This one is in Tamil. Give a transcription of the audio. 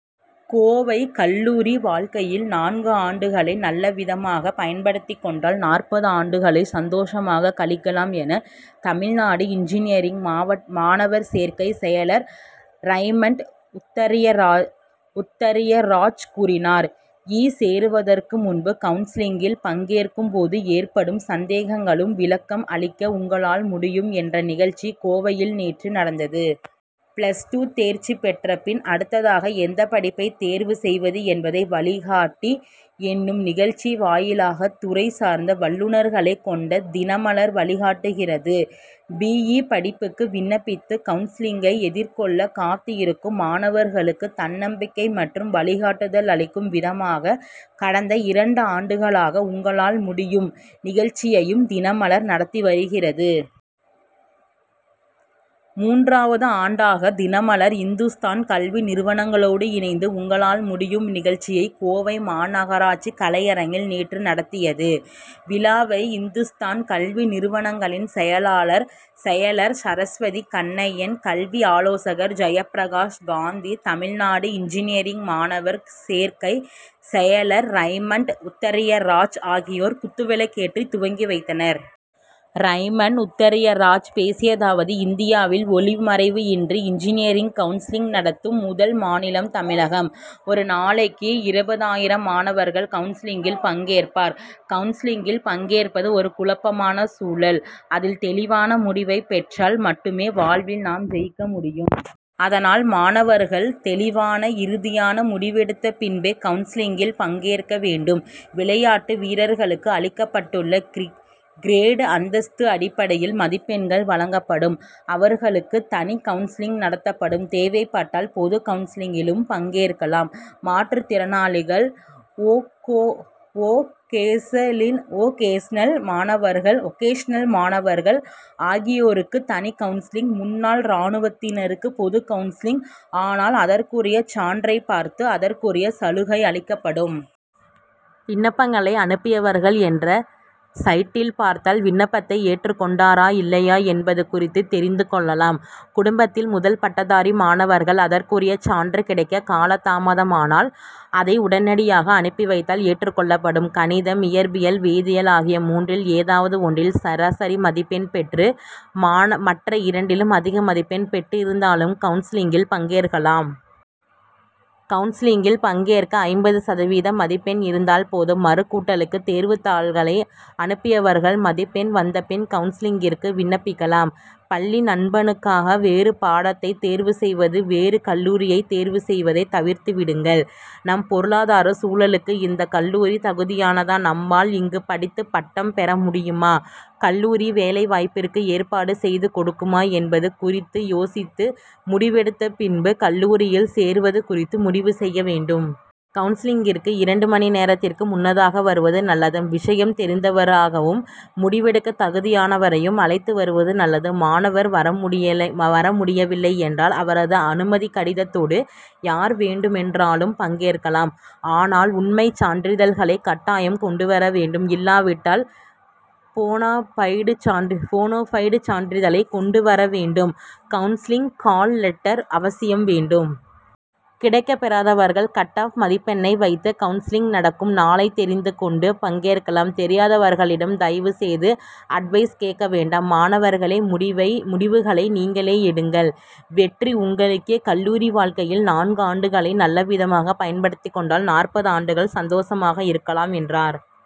கோவை கல்லூரி வாழ்க்கையில் நான்கு ஆண்டுகளை நல்லவிதமாக பயன்படுத்திக்கொண்டால், நாற்பது ஆண்டுகளை சந்தோஷமாக கழிக்கலாம் என்று தமிழ்நாடு இன்ஜினியரிங் மாணவர் சேர்க்கை செயலர் ரைமண்ட் உத்தரியராஜ் கூறினார். இ., சேருவதற்கு முன்பு கவுன்சிலிங்கில் பங்கேற்கும்போது ஏற்படும் சந்தேகங்களுக்கு விளக்கம் அளிக்க உங்களால் முடியும்' என்ற நிகழ்ச்சி கோவையில் நேற்று நடந்தது. பிளஸ் டூ தேர்ச்சி பெற்ற பின் அடுத்ததாக எந்த படிப்பை தேர்வு செய்வது என்பதை வழிகாட்டி' எனும் நிகழ்ச்சி வாயிலாக துறை சார்ந்த வல்லுனர்களை கொண்டு தினமலர்' வழிகாட்டுகிறது. பி. இ., படிப்புக்கு விண்ணப்பித்து கவுன்சிலிங்கை எதிர்கொள்ள காத்திருக்கும் மாணவர்களுக்கு தன்னம்பிக்கை மற்றும் வழிகாட்டுதல் அளிக்கும் விதமாக, கடந்த இரண்டு ஆண்டுகளாக உங்களால் முடியும்' நிகழ்ச்சியையும் தினமலர் நடத்தி வருகிறது. மூன்றாவது ஆண்டாக தினமலர்' இந்துஸ்தான் கல்வி நிறுவனங்களோடு இணைந்து உங்களால் முடியும்' நிகழ்ச்சியை, கோவை மாநகராட்சி கலையரங்கில் நேற்று நடத்தியது. விழாவை இந்துஸ்தான் கல்வி நிறுவனங்களின் செயலர் சரஸ்வதி கண்ணையன், கல்வி ஆலோசகர் ஜெயப்பிரகாஷ் காந்தி, தமிழ்நாடு இன்ஜினியரிங் மாணவர் சேர்க்கை செயலர் ரைமண்ட் உத்தரியராஜ் ஆகியோர் குத்துவிளக்கேற்றி துவக்கி வைத்தனர். ரைமண்ட் உத்தரியராஜ் பேசியதாவது இந்தியாவில் ஒளிவு மறைவின்றி இன்ஜினியரிங் கவுன்சிலிங் நடத்தும் முதல் மாநிலம் தமிழகம். ஒரு நாளைக்கு இருபது ஆயிரம் மாணவர்கள் கவுன்சிலிங்கில் பங்கேற்பர். கவுன்சிலிங்கில் பங்கேற்பது ஒரு குழப்பமான சூழல். அதில் தெளிவான முடிவை பெற்றால் மட்டுமே வாழ்வில் நாம் ஜெயிக்க முடியும். அதனால் மாணவர்கள் தெளிவான இறுதியான முடிவெடுத்த பின்பே கவுன்சிலிங்கில் பங்கேற்க வேண்டும். விளையாட்டு வீரர்களுக்கு அளிக்கப்பட்டுள்ள கிரேடு, அந்தஸ்து அடிப்படையில் மதிப்பெண்கள் வழங்கப்படும் அவர்களுக்கு தனி கவுன்சிலிங் நடத்தப்படும். தேவைப்பட்டால் பொதுகவுன்சிலிங்கிலும் பங்கேற்கலாம். மாற்றுத்திறனாளர்கள், வொகேசனல் மாணவர்கள் ஆகியோருக்கு தனி கவுன்சிலிங், முன்னாள் ராணுவத்தினருக்கு பொதுகவுன்சிலிங் ஆனால் அதற்குரிய சான்றை பார்த்து அதற்குரிய சலுகை அளிக்கப்படும். விண்ணப்பங்களை அனுப்பியவர்கள் என்ற சைட்டில் பார்த்தால் விண்ணப்பத்தை ஏற்றுக்கொண்டனரா இல்லையா என்பது குறித்து தெரிந்து கொள்ளலாம். குடும்பத்தில் முதல் பட்டதாரி மாணவர்கள் அதற்குரிய சான்று கிடைக்க காலதாமதமானால் அதை உடனடியாக அனுப்பி வைத்தால் ஏற்றுக்கொள்ளப்படும். கணிதம், இயற்பியல், வேதியியல் ஆகிய மூன்றில் ஏதாவது ஒன்றில் சராசரி மதிப்பெண் பெற்று மற்ற இரண்டிலும் அதிக மதிப்பெண் பெற்றிருந்தாலும் கவுன்சிலிங்கில் பங்கேற்கலாம். கவுன்சிலிங்கில் பங்கேற்க ஐம்பது சதவீதம் மதிப்பெண் இருந்தால் போதும். மறுகூட்டலுக்கு தேர்வுத்தாள்களை அனுப்பியவர்கள் மதிப்பெண் வந்தபின்பு கவுன்சிலிங்கிற்கு விண்ணப்பிக்கலாம். பள்ளி நண்பனுக்காக வேறுபாடத்தை தேர்வு செய்வது, வேறு கல்லூரியை தேர்வு செய்வதை தவிர்த்து விடுங்கள். நம் பொருளாதார சூழலுக்கு இந்த கல்லூரி தகுதியானதா, நம்மால் இங்கு படித்து பட்டம் பெறமுடியுமா, கல்லூரி வேலைவாய்ப்பிற்கு ஏற்பாடு செய்து கொடுக்குமா, என்பது குறித்து யோசித்து முடிவெடுத்த பின்பு கல்லூரியில் சேருவது குறித்து முடிவு செய்ய வேண்டும். கவுன்சிலிங்கிற்கு இரண்டு மணி நேரத்திற்கு முன்னதாக வருவது நல்லது, விஷயம் தெரிந்தவராகவும், முடிவெடுக்க தகுதியானவரையும் அழைத்து வருவது நல்லது. மாணவர் வரமுடியவில்லை என்றால் அவரது அனுமதிகடிதத்தோடு யார் வேண்டுமென்றாலும் பங்கேற்கலாம். ஆனால் உண்மை சான்றிதழ்களை கட்டாயம் கொண்டு வரவேண்டும். இல்லாவிட்டால் போனபைடு சான்றிதழை கொண்டுவரவேண்டும். கவுன்சிலிங் கால் லெட்டர் அவசியம் வேண்டும். கிடைக்கப்பெறாதவர்கள் கட் ஆப் மதிப்பெண்ணை வைத்து கவுன்சிலங்க் நடக்கும் நாளை தெரிந்துகொண்டு பங்கேற்கலாம். தெரியாதவர்களிடம் தயவு செய்து அட்வைஸ் கேட்கவேண்டாம். மாணவர்களே முடிவுகளை நீங்களே எடுங்கள். வெற்றி உங்களுக்கே. கல்லூரி வாழ்க்கையில் நான்கு ஆண்டுகளை நல்லவிதமாக பயன்படுத்திக்கொண்டால், நாற்பது ஆண்டுகள் சந்தோஷமாக இருக்கலாம், என்றார்.